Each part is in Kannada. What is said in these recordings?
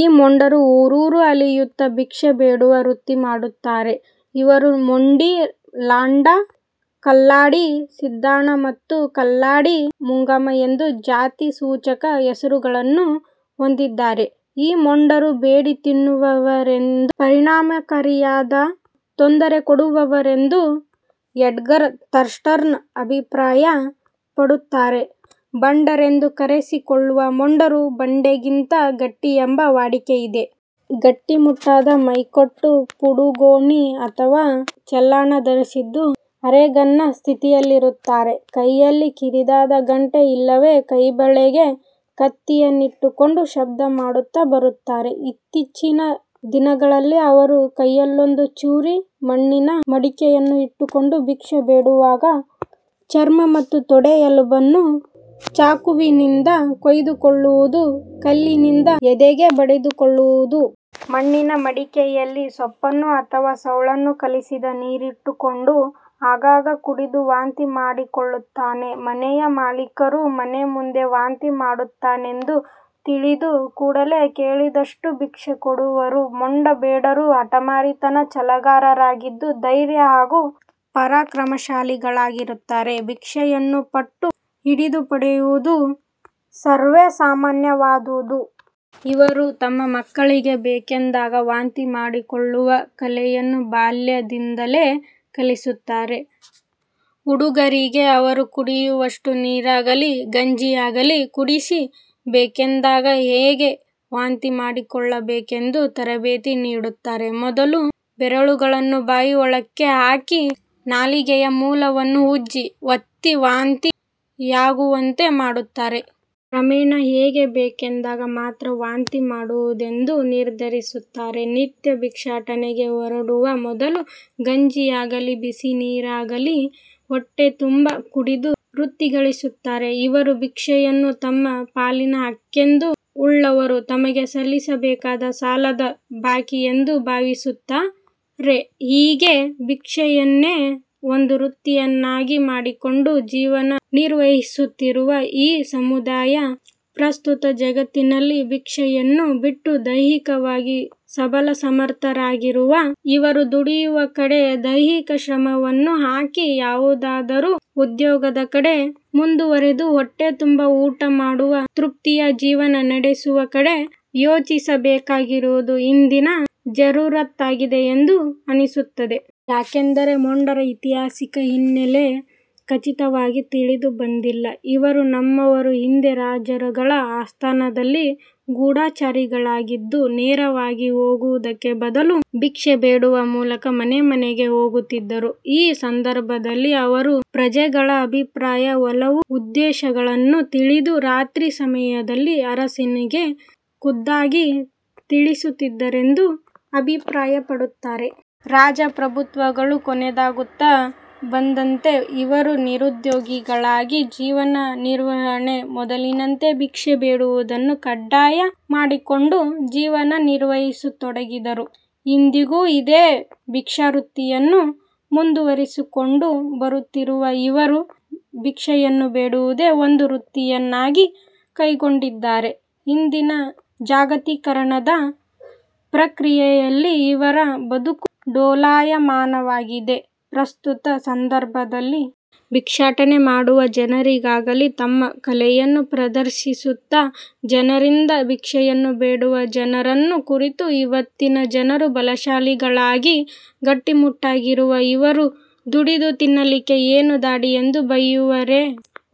ಈ ಮೊಂಡರು ಊರೂರು ಅಲೆಯುತ್ತ ಭಿಕ್ಷೆ ಬೇಡುವ ವೃತ್ತಿ ಮಾಡುತ್ತಾರೆ. ಇವರು ಮೊಂಡಿ, ಲಾಂಡ, ಕಲ್ಲಾಡಿ, ಸಿದ್ದಾಣ ಮತ್ತು ಕಲ್ಲಾಡಿ ಮುಂಗಾಮ ಎಂದೂ ಜಾತಿ ಸೂಚಕ ಹೆಸರುಗಳನ್ನು ಹೊಂದಿದ್ದಾರೆ. "ಈ ಮೊಂಡರು ಬೇಡಿ ತಿನ್ನುವವರೆಂದು ಪರಿಣಾಮಕಾರಿಯಾದ ತೊಂದರೆ ಕೊಡುವವರೆಂದು" ಎಡ್ಗರ್ ಥರ್ಸ್ಟನ್ ಅಭಿಪ್ರಾಯ ಪಡುತ್ತಾರೆ. ಬಂಡರೆಂದು ಕರೆಸಿ ಕೊಳ್ಳುವ ಮೊಂಡರು ಬಂಡೆಗಿಂತ ಗಟ್ಟಿಯೆಂಬ ವಾಡಿಕೆಯಿದೆ. ಗಟ್ಟಿಮುಟ್ಟಾದ ಮೈಕಟ್ಟು ಪುಡಗೋನಿ ಅಥವಾ ಚಲ್ಲಾಣ ಧರಿಸಿದ್ದು ಅರೆನಗ್ನ ಸ್ಥಿತಿಯಲ್ಲಿರುತ್ತಾರೆ. ಕೈಯಲ್ಲಿ ಕಿರಿದಾದ ಗಂಟೆ ಇಲ್ಲವೆ ಕೈಬಳೆಗೆ ಕತ್ತಿಯನ್ನಿಟ್ಟುಕೊಂಡು ಶಬ್ದ ಮಾಡುತ್ತಾ ಬರುತ್ತಾರೆ. ಇತ್ತೀಚಿನ ದಿನಗಳಲ್ಲಿ ಅವರು ಕೈಯಲ್ಲೊಂದು ಚೂರಿ ಮಣ್ಣಿನ ಮಡಕೆಯನ್ನು ಇಟ್ಟುಕೊಂಡು ಭಿಕ್ಷೆ ಬೇಡುವಾಗ ಚರ್ಮ ಮತ್ತು ತೊಡೆ ಎಲುಬನ್ನು ಚಾಕುವಿನಿಂದ ಕೊಯ್ದುಕೊಳ್ಳುವುದು ಕಲ್ಲಿನಿಂದ ಎದೆಗೆ ಬಡಿದುಕೊಳ್ಳುವುದು. ಮಣ್ಣಿನ ಕುಡಿಕೆಯಲ್ಲಿ ಸೋಪನ್ನು ಅಥವಾ ಸೌಳನ್ನು ಕಲಿಸಿದ ನೀರಿಟ್ಟುಕೊಂಡು ಆಗಾಗ ಕುಡಿದು ವಾಂತಿ ಮಾಡಿಕೊಳ್ಳುತ್ತಾನೆ. ಮನೆಯ ಮಾಲಿಕರು ಮನೆ ಮುಂದೆ ವಾಂತಿ ಮಾಡುತ್ತಾನೆಂದು ತಿಳಿದು ಕೂಡಲೇ ಕೇಳಿದಷ್ಟು ಭಿಕ್ಷೆ ಕೊಡುವರು. ಮೊಂಡ ಬೇಡರು ಹಟಮಾರಿತನ, ಛಲಗಾರರಾಗಿದ್ದು, ಧೈರ್ಯ ಹಾಗೂ ಪರಾಕ್ರಮಶಾಲಿಗಳಾಗಿರುತ್ತಾರೆ. ಭಿಕ್ಷೆಯನ್ನು ಪಟ್ಟು ಹಿಡಿದು ಪಡೆಯುವುದು ಸರ್ವೇ ಸಾಮಾನ್ಯವಾದುದು. ಇವರು ತಮ್ಮ ಮಕ್ಕಳಿಗೆ ಬೇಕೆಂದಾಗ ವಾಂತಿ ಮಾಡಿಕೊಳ್ಳುವ ಕಲೆಯನ್ನು ಬಾಲ್ಯ ದಲ್ಲಿಯೇ ಕಲಿಸುತ್ತಾರೆ. ಹುಡುಗರಿಗೆ ಅವರು ಕುಡಿಯುವಷ್ಟು ನೀರಾಗಲಿ, ಗಂಜಿಯಾಗಲಿ ಕುಡಿಸಿ ಬೇಕೆಂದಾಗ ಹೇಗೆ ವಾಂತಿ ಮಾಡಿಕೊಳ್ಳಬೇಕೆಂದು ತರಬೇತಿ ನೀಡುತ್ತಾರೆ. ಮೊದಲು ಬೆರಳುಗಳನ್ನು ಬಾಯಿಯೊಳಕ್ಕೆ ಹಾಕಿ, ನಾಲಿಗೆಯ ಮೂಲವನ್ನು ಉಜ್ಜಿ, ಒತ್ತಿ, ವಾಂತಿ ಯಾಗುವಂತೆ ಮಾಡುತ್ತಾರೆ. ಕ್ರಮೇಣ ಹೇಗೆ ಬೇಕೆಂದಾಗ ಮಾತ್ರ ವಾಂತಿ ಮಾಡುವುದೆಂದು ನಿರ್ದೇಶಿಸುತ್ತಾರೆ. ನಿತ್ಯ ಭಿಕ್ಷಾಟನೆಗೆ ಹೊರಡುವ ಮೊದಲು ಗಂಜಿಯಾಗಲಿ ಬಿಸಿ ನೀರಾಗಲಿ ಹೊಟ್ಟೆ ತುಂಬ ಕುಡಿದು ವೃತ್ತಿಗಿಳಿಯುತ್ತಾರೆ. ಇವರು ಭಿಕ್ಷೆಯನ್ನು ತಮ್ಮ ಪಾಲಿನ ಹಕ್ಕೆಂದು ಉಳ್ಳವರು ತಮಗೆ ಸಲ್ಲಿಸಬೇಕಾದ ಸಾಲದ ಬಾಕಿಯೆಂದು ಭಾವಿಸುತ್ತಾರೆ. ಹೀಗೆ ಭಿಕ್ಷೆಯನ್ನೇ ಒಂದು ವೃತ್ತಿಯನ್ನಾಗಿ ಮಾಡಿಕೊಂಡು ಜೀವನ ನಿರ್ವಹಿಸುತ್ತಿರುವ ಈ ಸಮುದಾಯ ಪ್ರಸ್ತುತ ಜಗತ್ತಿನಲ್ಲಿ ಭಿಕ್ಷೆಯನ್ನು ಬಿಟ್ಟು ದೈಹಿಕವಾಗಿ ಸಬಲ ಸಮರ್ಥ ರಾಗಿರುವ ಇವರು ದುಡಿಯುವ ಕಡೆ ದೈಹಿಕ ಶ್ರಮವನ್ನು ಹಾಕಿ ಯಾವುದಾದರೂ ಉದ್ಯೋಗದ ಕಡೆ ಮುಂದುವರಿದು ಹೊಟ್ಟೆ ತುಂಬ ಊಟ ಮಾಡುವ ತೃಪ್ತಿಯ ಜೀವನ ನಡೆಸುವ ಕಡೆ ಯೋಚಿಸಬೇಕಾಗಿರುವುದು ಇಂದಿನ ಜರೂರತ್ತಾಗಿದೆ ಎಂದು ಅನಿಸುತ್ತದೆ. ಯಾಕೆಂದರೆ ಮೊಂಡರ ಐತಿಹಾಸಿಕ ಹಿನ್ನೆಲೆ ಖಚಿತವಾಗಿ ತಿಳಿದು ಬಂದಿಲ್ಲ ಇವರು "ನಮ್ಮವರು ಹಿಂದೆ ರಾಜರುಗಳ ಆಸ್ಥಾನದಲ್ಲಿ ಗೂಢಾಚಾರಿಗಳಾಗಿದ್ದು ನೇರವಾಗಿ ಹೋಗುವುದಕ್ಕೆ ಬದಲು ಭಿಕ್ಷೆ ಬೇಡುವ ಮೂಲಕ ಮನೆ ಮನೆಗೆ ಹೋಗುತ್ತಿದ್ದರು. ಈ ಸಂದರ್ಭದಲ್ಲಿ ಅವರು ಪ್ರಜೆಗಳ ಅಭಿಪ್ರಾಯ, ಒಲವು ಉದ್ದೇಶಗಳನ್ನು ತಿಳಿದು ರಾತ್ರಿ ಸಮಯದಲ್ಲಿ ಅರಸನಿಗೆ ಖುದ್ದಾಗಿ ತಿಳಿಸುತ್ತಿದ್ದರೆಂದು" ಅಭಿಪ್ರಾಯಪಡುತ್ತಾರೆ. ರಾಜಪ್ರಭುತ್ವಗಳು ಕೊನೆಗಾಣುತ್ತಾ ಬಂದಂತೆ ಇವರು ನಿರುದ್ಯೋಗಿಗಳಾಗಿ ಜೀವನ ನಿರ್ವಹಣೆಗೆ ಮೊದಲಿನಂತೆ ಭಿಕ್ಷೆ ಬೇಡುವುದನ್ನು ಕಡ್ಡಾಯ ಮಾಡಿಕೊಂಡು ಜೀವನ ನಿರ್ವಹಿಸತೊಡಗಿದರು. ಇಂದಿಗೂ ಇದೇ ಭಿಕ್ಷಾವೃತ್ತಿಯನ್ನು ಮುಂದುವರಿಸಿಕೊಂಡು ಬರುತ್ತಿರುವ ಇವರು ಭಿಕ್ಷೆಯನ್ನು ಬೇಡುವುದೇ ಒಂದು ವೃತ್ತಿಯನ್ನಾಗಿ ಕೈಗೊಂಡಿದ್ದಾರೆ. ಇಂದಿನ ಜಾಗತೀಕರಣದ ಪ್ರಕ್ರಿಯೆಯಲ್ಲಿ ಇವರ ಬದುಕು ಡೋಲಾಯಮಾನವಾಗಿದೆ. ಪ್ರಸ್ತುತ ಸಂದರ್ಭದಲ್ಲಿ ಭಿಕ್ಷಾಟನೆ ಮಾಡುವ ಜನರಿಗಾಗಲಿ ತಮ್ಮ ಕಲೆಯನ್ನು ಪ್ರದರ್ಶಿಸುತ್ತಾ ಜನರಿಂದ ಭಿಕ್ಷೆಯನ್ನು ಬೇಡುವ ಜನರನ್ನು ಕುರಿತು ಇವತ್ತಿನ ಜನರು ಬಲಶಾಲಿಗಳಾಗಿ ಗಟ್ಟಿಮುಟ್ಟಾಗಿರುವ ಇವರು ದುಡಿದು ತಿನ್ನಲಿಕ್ಕೆ ಏನು ಧಾಡಿ ಎಂದು ಬೈಯುವರೆ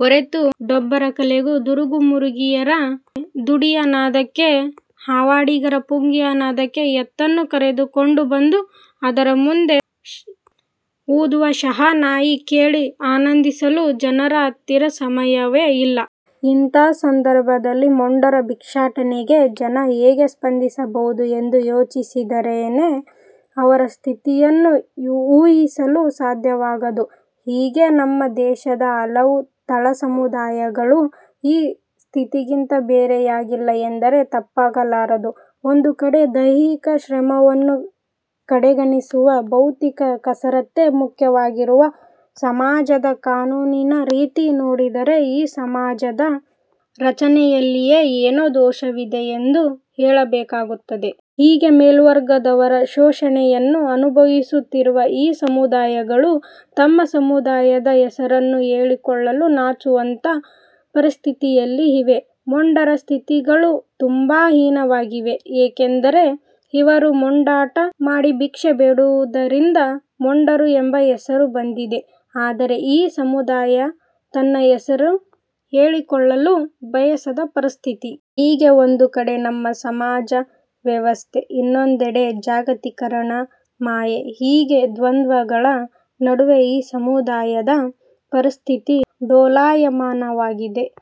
ಹೊರತು ಡೊಂಬರ ಕಲೆಗೂ, ದುರುಗು ಮುರುಗಿಯರ ದುಡಿಯ ನಾದಕ್ಕೆ, ಹಾವಾಡಿಗರ ಪುಂಗಿಯ ನಾದಕ್ಕೆ ಎತ್ತನ್ನು ಕರೆದುಕೊಂಡು ಬಂದು ಅದರ ಮುಂದೆ ಊದುವ ಶಹನಾಯಿ ಕೇಳಿ ಆನಂದಿಸಲು ಜನರ ಹತ್ತಿರ ಸಮಯವೇ ಇಲ್ಲ. ಇಂಥ ಸಂದರ್ಭದಲ್ಲಿ ಮೊಂಡರ ಭಿಕ್ಷಾಟನೆಗೆ ಜನ ಹೇಗೆ ಸ್ಪಂದಿಸಬಹುದು ಎಂದು ಯೋಚಿಸಿದರೇನೆ ಅವರ ಸ್ಥಿತಿಯನ್ನು ಊಹಿಸಲು ಸಾಧ್ಯವಾಗದು. ಹೀಗೆ ನಮ್ಮ ದೇಶದ ಹಲವು ತಳಸಮುದಾಯಗಳು ಈ ಸ್ಥಿತಿಗಿಂತ ಬೇರೆಯಾಗಿಲ್ಲ ಎಂದರೆ ತಪ್ಪಾಗಲಾರದು. ಒಂದು ಕಡೆ ದೈಹಿಕ ಶ್ರಮವನ್ನು ಕಡೆಗಣಿಸುವ ಬೌದ್ದಿಕ ಕಸರತ್ತೆ ಮುಖ್ಯವಾಗಿರುವ ಸಮಾಜದ ಕಾನೂನಿನ ರೀತಿ ನೋಡಿದರೆ ಈ ಸಮಾಜದ ರಚನೆಯಲ್ಲೇ ಏನೋ ದೋಷವಿದೆ ಎಂದು ಹೇಳಬೇಕಾಗುತ್ತದೆ. ಹೀಗೆ ಮೇಲ್ವರ್ಗದವರ ಶೋಷಣೆಯನ್ನು ಅನುಭವಿಸುತ್ತಿರುವ ಈ ಸಮುದಾಯಗಳು ತಮ್ಮ ಸಮುದಾಯದ ಹೆಸರನ್ನು ಹೇಳಿಕೊಳ್ಳಲು ನಾಚುವಂತ ಪರಿಸ್ಥಿತಿಯಲ್ಲಿ ಇವೆ. ಮೊಂಡರ ಸ್ಥಿತಿಗಳು ತುಂಬಾ ಹೀನಾಯವಾಗಿವೆ. ಏಕೆಂದರೆ ಇವರು ಮೊಂಡಾಟ ಮಾಡಿ ಭಿಕ್ಷೆ ಬೇಡುವುದರಿಂದ ಮೊಂಡರು ಎಂಬ ಹೆಸರು ಬಂದಿದೆ. ಆದರೆ ಈ ಸಮುದಾಯ ತನ್ನ ಹೆಸರು ಹೇಳಿಕೊಳ್ಳಲು ಬಯಸದ ಪರಿಸ್ಥಿತಿ. ಹೀಗೆ ಒಂದು ಕಡೆ ನಮ್ಮ ಸಮಾಜ ವ್ಯವಸ್ಥೆ ಇನ್ನೊಂದೆಡೆ ಜಾಗತೀಕರಣದ ಮಾಯೆ, ಹೀಗೆ ದ್ವಂದ್ವಗಳ ನಡುವೆ ಈ ಸಮುದಾಯದ ಪರಿಸ್ಥಿತಿ ಡೋಲಾಯಮಾನವಾಗಿದೆ.